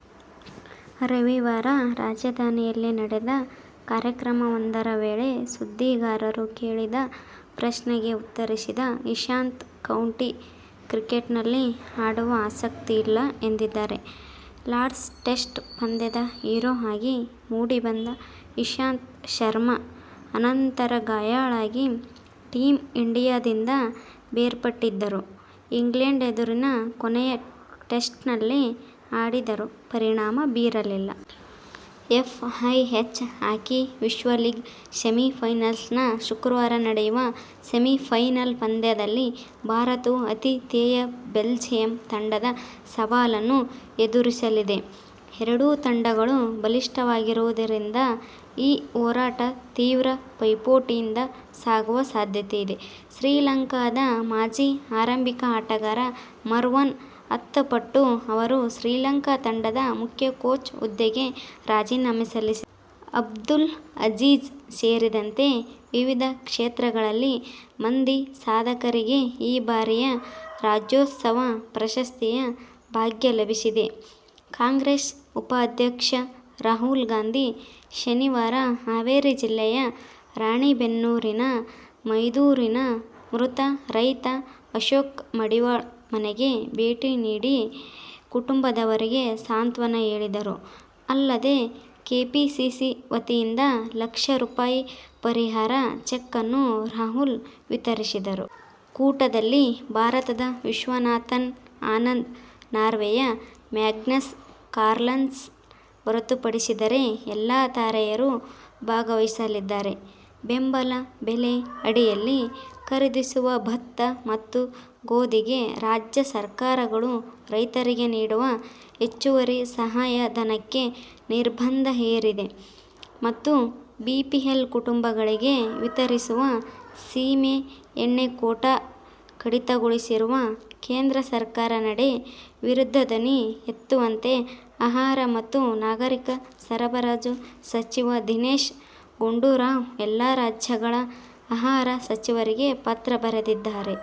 ರವಿವಾರ ರಾಜಧಾನಿಯಲ್ಲಿ ನಡೆದ ಕಾರ್ಯಕ್ರಮವೊಂದರ ವೇಳೆ ಸುದ್ದಿಗಾರರು ಕೇಳಿದ ಪ್ರಶ್ನೆಗೆ ಉತ್ತರಿಸಿದ ಇಶಾಂತ್, ಕೌಂಟಿ ಕ್ರಿಕೆಟ್ನಲ್ಲಿ ಆಡುವ ಆಸಕ್ತಿ ಇಲ್ಲ ಎಂದಿದ್ದಾರೆ. ಲಾರ್ಡ್ಸ್ ಟೆಸ್ಟ್ ಪಂದ್ಯದ ಹೀರೋ ಆಗಿ ಮೂಡಿಬಂದ ಇಶಾಂತ್ ಶರ್ಮ, ಅನಂತರ ಗಾಯಾಳಾಗಿ ಟೀಮ್ ಇಂಡಿಯಾದಿಂದ ಬೇರ್ಪಟ್ಟಿದ್ದರು. ಇಂಗ್ಲೆಂಡ್ ಎದುರಿನ ಕೊನೆಯ ಟೆಸ್ಟ್ನಲ್ಲಿ ಆಡಿದರೂ ಪರಿಣಾಮ ಬೀರಿರಲಿಲ್ಲ. ಎಫ್ಐಎಚ್ ಹಾಕಿ ವಿಶ್ವ ಲೀಗ್ ಸೆಮಿಫೈನಲ್ಸ್ನ ಶುಕ್ರವಾರ ನಡೆಯುವ ಸೆಮಿಫೈನಲ್ ಪಂದ್ಯದಲ್ಲಿ ಭಾರತವು ಆತಿಥೇಯ ಬೆಲ್ಜಿಯಂ ತಂಡದ ಸವಾಲನ್ನು ಎದುರಿಸಲಿದೆ. ಎರಡೂ ತಂಡಗಳು ಬಲಿಷ್ಠವಾಗಿರುವುದರಿಂದ ಈ ಹೋರಾಟ ತೀವ್ರ ಪೈಪೋಟಿಯಿಂದ ಸಾಗುವ ಸಾಧ್ಯತೆಯಿದೆ. ಶ್ರೀಲಂಕಾದ ಮಾಜಿ ಆರಂಭಿಕ ಆಟಗಾರ ಮರ್ವನ್ ಅತ್ತಪಟ್ಟು ಅವರು ಶ್ರೀಲಂಕಾ ತಂಡದ ಮುಖ್ಯ ಕೋಚ್ ಹುದ್ದೆಗೆ ರಾಜೀನಾಮೆ ಸಲ್ಲಿಸಿದ್ದಾರೆ. ಅಬ್ದುಲ್ ಅಜೀಜ್ ಸೇರಿದಂತೆ ವಿವಿಧ ಕ್ಷೇತ್ರಗಳ ಮಂದಿ ಸಾಧಕರಿಗೆ ಈ ಬಾರಿಯ ರಾಜ್ಯೋತ್ಸವ ಪ್ರಶಸ್ತಿಯ ಭಾಗ್ಯ ಲಭಿಸಿದೆ. ಕಾಂಗ್ರೆಸ್ ಉಪಾಧ್ಯಕ್ಷ ರಾಹುಲ್ ಗಾಂಧಿ ಶನಿವಾರ ಹಾವೇರಿ ಜಿಲ್ಲೆಯ ರಾಣಿಬೆನ್ನೂರಿನ ಮೈದೂರಿನ ಮೃತ ರೈತ ಅಶೋಕ್ ಮಡಿವಾಳ ಮನೆಗೆ ಭೇಟಿ ನೀಡಿ ಕುಟುಂಬದವರಿಗೆ ಸಾಂತ್ವನ ಹೇಳಿದರು. ಅಲ್ಲದೇ ಕೆಪಿಸಿಸಿ ವತಿಯಿಂದ ಲಕ್ಷ ರೂಪಾಯಿ ಪರಿಹಾರ ಚೆಕ್ ಅನ್ನು ರಾಹುಲ್ ವಿತರಿಸಿದರು. ಕೂಟದಲ್ಲಿ ಭಾರತದ ವಿಶ್ವನಾಥನ್ ಆನಂದ್, ನಾರ್ವೆಯ ಮ್ಯಾಗ್ನಸ್ ಕಾರ್ಲ್ಸನ್ ಹೊರತುಪಡಿಸಿದರೆ ಎಲ್ಲ ತಾರೆಯರೂ ಭಾಗವಹಿಸಲಿದ್ದಾರೆ. ಬೆಂಬಲ ಬೆಲೆ ಅಡಿಯಲ್ಲಿ ಖರೀದಿಸುವ ಭತ್ತ ಮತ್ತು ಗೋದಿಗೆ ರಾಜ್ಯ ಸರ್ಕಾರಗಳು ರೈತರಿಗೆ ನೀಡುವ ಹೆಚ್ಚುವರಿ ಸಹಾಯಧನಕ್ಕೆ ನಿರ್ಬಂಧ ಹೇರಿದ ಮತ್ತು ಬಿಪಿಎಲ್ ಕುಟುಂಗಳಿಗೆ ವಿತರಿಸುವ ಸೀಮೆ ಎಣ್ಣೆ ಕೋಟಾ ಕಡಿತಗೊಳಿಸಿರುವ ಕೇಂದ್ರ ಸರ್ಕಾರ ನಡೆ ವಿರುದ್ಧ ಧ್ವನಿ ಎತ್ತುವಂತೆ ಆಹಾರ ಮತ್ತು ನಾಗರಿಕ ಸರಬರಾಜು ಸಚಿವ ದಿನೇಶ ಗುಂಡೂರಾವ್ ಎಲ್ಲ ರಾಜ್ಯಗಳ ಆಹಾರ ಸಚಿವರಿಗೆ ಪತ್ರ ಬರೆದಿದ್ದಾರೆ.